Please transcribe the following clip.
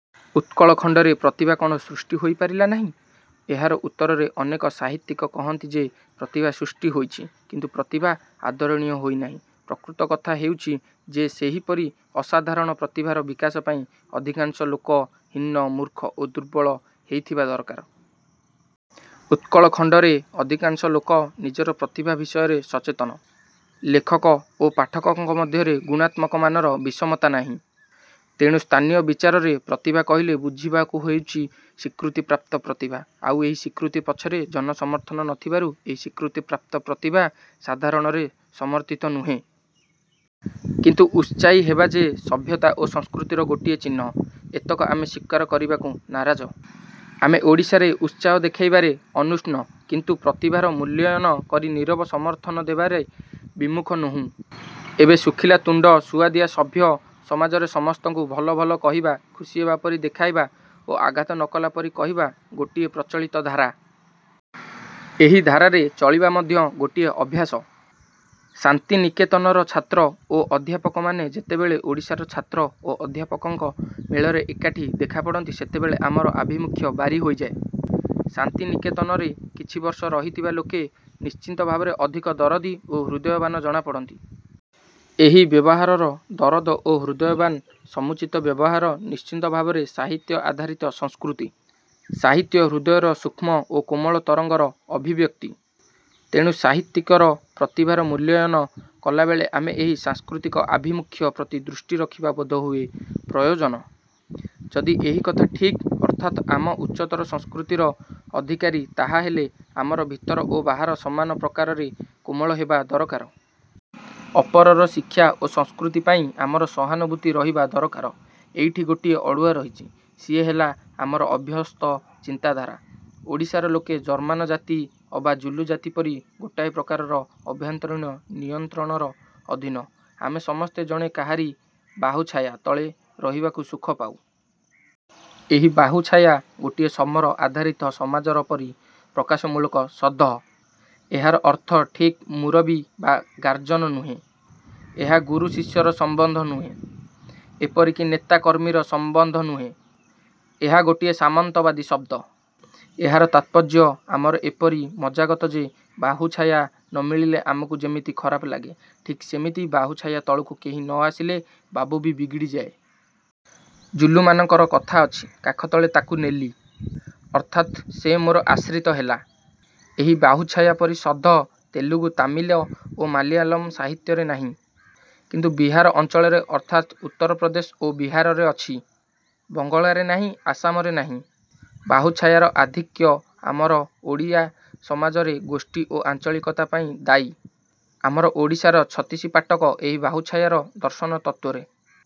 ଉତ୍କଳ ଖଣ୍ତରେ ପ୍ରତିଭା କ'ଣ ସୃଷ୍ଟି ହୋଇ ପାରିଲା ନାହିଁ-? ଏହାର ଉତ୍ତରରେ ଅନେକ ସାହିତ୍ୟିକ କହନ୍ତି ଯେ ପ୍ରତିଭା ସୃଷ୍ଟି ହୋଇଛି କିନ୍ତୁ ପ୍ରତିଭା ଆଦରଣୀୟ ହୋଇ ନାହିଁ। ପ୍ରକୃତ କଥା ହେଉଛି ଯେ ସେହିପରି ଅସାଧାରଣ ପ୍ରତିଭାର ବିକାଶ ପାଇଁ ଅଧିକାଂଶ ଲୋକ ହୀନ, ମୂର୍ଖ ଓ ଦୁର୍ବଳ ହେଇଥିବା ଦରକାର। ଉତ୍କଳ ଖଣ୍ତରେ ଅଧିକାଂଶ ଲୋକ ନିଜର ପ୍ରତିଭା ବିଷୟରେ ସଚେତନ। ଲେଖକ ଓ ପାଠକଙ୍କ ମଧ୍ୟରେ ଗୁଣାତ୍ମକ ମାନର ବିଷମତା ନାହିଁ। ତେଣୁ ସ୍ଥାନୀୟ ବିଚାରରେ ପ୍ରତିଭା କହିଲେ ବୁଝିବାକୁ ହୋଇଛି ସ୍ୱୀକୃତିପ୍ରାପ୍ତ ପ୍ରତିଭା। ଆଉ ଏହି ସ୍ୱୀକୃତି ପଛରେ ଜନ ସମର୍ଥନ ନଥିବାରୁ ଏହି ସ୍ୱୀକୃତିପ୍ରାପ୍ତ ପ୍ରତିଭା ସାଧାରଣରେ ସମର୍ଥିତ ନୁହେଁ। କିନ୍ତୁ ଉତ୍ସାହୀ ହେବା ଯେ ସଭ୍ୟତା ଓ ସଂସ୍କୃତିର ଗୋଟିଏ ଚିହ୍ନ-ଏତକ ଆମେ ସ୍ୱୀକାର କରିବାକୁ ନାରାଜ। ଆମେ ଓଡ଼ିଶାରେ ଉତ୍ସାହ ଦେଖାଇବାରେ ଅନୁଷ୍ଣ କିନ୍ତୁ ପ୍ରତିଭାର ମୂଲ୍ୟାୟନ କରି ନିରବ ସମର୍ଥନ ଦେବାରେ ବିମୁଖ ନୋହୁଁ। ଏବେ ଶୁଖିଲା ତୁଣ୍ତ-ସୁଆଦିଆ ସଭ୍ୟ ସମାଜରେ ସମସ୍ତଙ୍କୁ ଭଲ-ଭଲ କହିବା, ଖୁସି ହେବା ପରି ଦେଖାଇବା ଓ ଆଘାତ ନ କଲା ପରି କହିବା ଗୋଟିଏ ପ୍ରଚଳିତ ଧାରା। ଏହି ଧାରାରେ ଚଳିବା ମଧ୍ୟ ଗୋଟିଏ ଅଭ୍ୟାସ। ଶାନ୍ତିନିକେତନର ଛାତ୍ର ଓ ଅଧ୍ୟାପକମାନେ ଯେତେବେଳେ ଓଡ଼ିଶାର ଛାତ୍ର ଓ ଅଧ୍ୟାପକଙ୍କ ମେଳରେ ଏକାଠି ଦେଖା ପଡ଼ନ୍ତି ସେତେବେଳେ ଆମର ଆଭିମୁଖ୍ୟ ବାରି ହୋଇଯାଏ-। ଶାନ୍ତିନିକେତନରେ କିଛି ବର୍ଷ ରହିଥିବା ଲୋକେ ନିଶ୍ଚିତ ଭାବରେ ଅଧିକ ଦରଦୀ ଓ ହୃଦୟବାନ ଜଣାପଡ଼ନ୍ତି। ଏହି ବ୍ୟବହାରର ଦରଦ ଓ ହୃଦୟବାନ୍-ସମୁଚିତ ବ୍ୟବହାର ନିଶ୍ଚିତ ଭାବରେ ସାହିତ୍ୟ-ଆଧାରିତ ସଂସ୍କୃତି। ସାହିତ୍ୟ ହୃଦୟର ସୂକ୍ଷ୍ମ ଓ କୋମଳ ତରଙ୍ଗର ଅଭିବ୍ୟକ୍ତି। ତେଣୁ ସାହିତ୍ୟିକର ପ୍ରତିଭାର ମୂଲ୍ୟାୟନ କଲାବେଳେ ଆମେ ଏହି ସାଂସ୍କୃତିକ ଆଭିମୁଖ୍ୟ ପ୍ରତି ଦୃଷ୍ଟି ରଖିବା ବୋଧହୁଏ ପ୍ରୟୋଜନ। ଯଦି ଏହି କଥା ଠିକ୍ ଅର୍ଥାତ୍ ଆମେ ଉଚ୍ଚତର ସଂସ୍କୃତିର ଅଧିକାରୀ ତାହାହେଲେ ଆମର ଭିତର ଓ ବାହାର ସମାନ ପ୍ରକାରରେ କୋମଳ ହେବା ଦରକାର। ଅପରର ଶିକ୍ଷା ଓ ସଂସ୍କୃତି ପାଇଁ ଆମର ସହାନୁଭୂତି ରହିବା ଦରକାର। ଏଇଠି ଗୋଟିଏ ଅଡ଼ୁଆ ରହିଛି-ସିଏ ହେଲା ଆମର ଅଭ୍ୟସ୍ତ ଚିନ୍ତାଧାରା। ଓଡ଼ିଶାର ଲୋକେ ଜର୍ମାନ ଜାତି ଅବା ଜୁଲୁ ଜାତି ପରି ଗୋଟାଏ ପ୍ରକାରର ଆଭ୍ୟନ୍ତରୀଣ ନିୟନ୍ତ୍ରଣର ଅଧୀନ। ଆମେ ସମସ୍ତେ ଜଣେ କାହାରି ବାହୁଛାୟା ତଳେ ରହିବାକୁ ସୁଖ ପାଉ। ଏହି ବାହୁଛାୟା ଗୋଟିଏ ସମର-ଆଧାରିତ ସମାଜର ପରି ପ୍ରକାଶମୂଳକ ଶଦ୍ଦ। ଏହାର ଅର୍ଥ ଠିକ୍ ମୂରବି ବା ଗାର୍ଜନ ନୁହେଁ। ଏହା ଗୁରୁ-ଶିଷ୍ୟର ସମ୍ୱନ୍ଧ ନୁହେଁ। ଏପରିକି ନେତା-କର୍ମୀର ସମ୍ୱନ୍ଧ ନୁହେଁ। ଏହା ଗୋଟିଏ ସାମନ୍ତବାଦୀ ଶଦ୍ଦ। ଏହାର ତାତ୍ପର୍ଯ୍ୟ ଆମର ଏପରି ମଜ୍ଜାଗତ ଯେ ବାହୁଛାୟା ନ ମିଳିଲେ ଆମକୁ ଯେମିତି ଖରାପ ଲାଗେ ଠିକ୍ ସେମିତି ବାହୁଛାୟା ତଳକୁ କେହି ନ ଆସିଲେ ବାବୁ ବି ବିଗିଡ଼ିଯାଏ। ଜୁଲୁମାନଙ୍କର କଥା ଅଛି-କାଖତଳେ ତା'କୁ ନେଲି। ଅର୍ଥାତ୍ ସେ ମୋର ଆଶ୍ରିତ ହେଲା। ଏହି ବାହୁଛାୟା ପରି ଶଦ୍ଦ ତେଲୁଗୁ, ତାମିଲ ଓ ମାଲୟାଲମ ସାହିତ୍ୟରେ ନାହିଁ। କିନ୍ତୁ ବିହାର ଅଞ୍ଚଳରେ ଅର୍ଥାତ୍ ଉତ୍ତର ପ୍ରଦେଶ ଓ ବିହାରରେ ଅଛି। ବଙ୍ଗଳାରେ ନାହିଁ-ଆସାମରେ ନାହିଁ। ବାହୁଛାୟାର ଆଧିକ୍ୟ ଆମର ଓଡ଼ିଆ ସମାଜରେ ଗୋଷ୍ଠୀ ଓ ଆଞ୍ଚଳିକତା ପାଇଁ ଦାୟୀ-। ଆମର ଓଡ଼ିଶାର ଛତିଶି ପାଟକ ଏହି ବାହୁଛାୟାର ଦର୍ଶନ ତତ୍ତ୍ୱରେ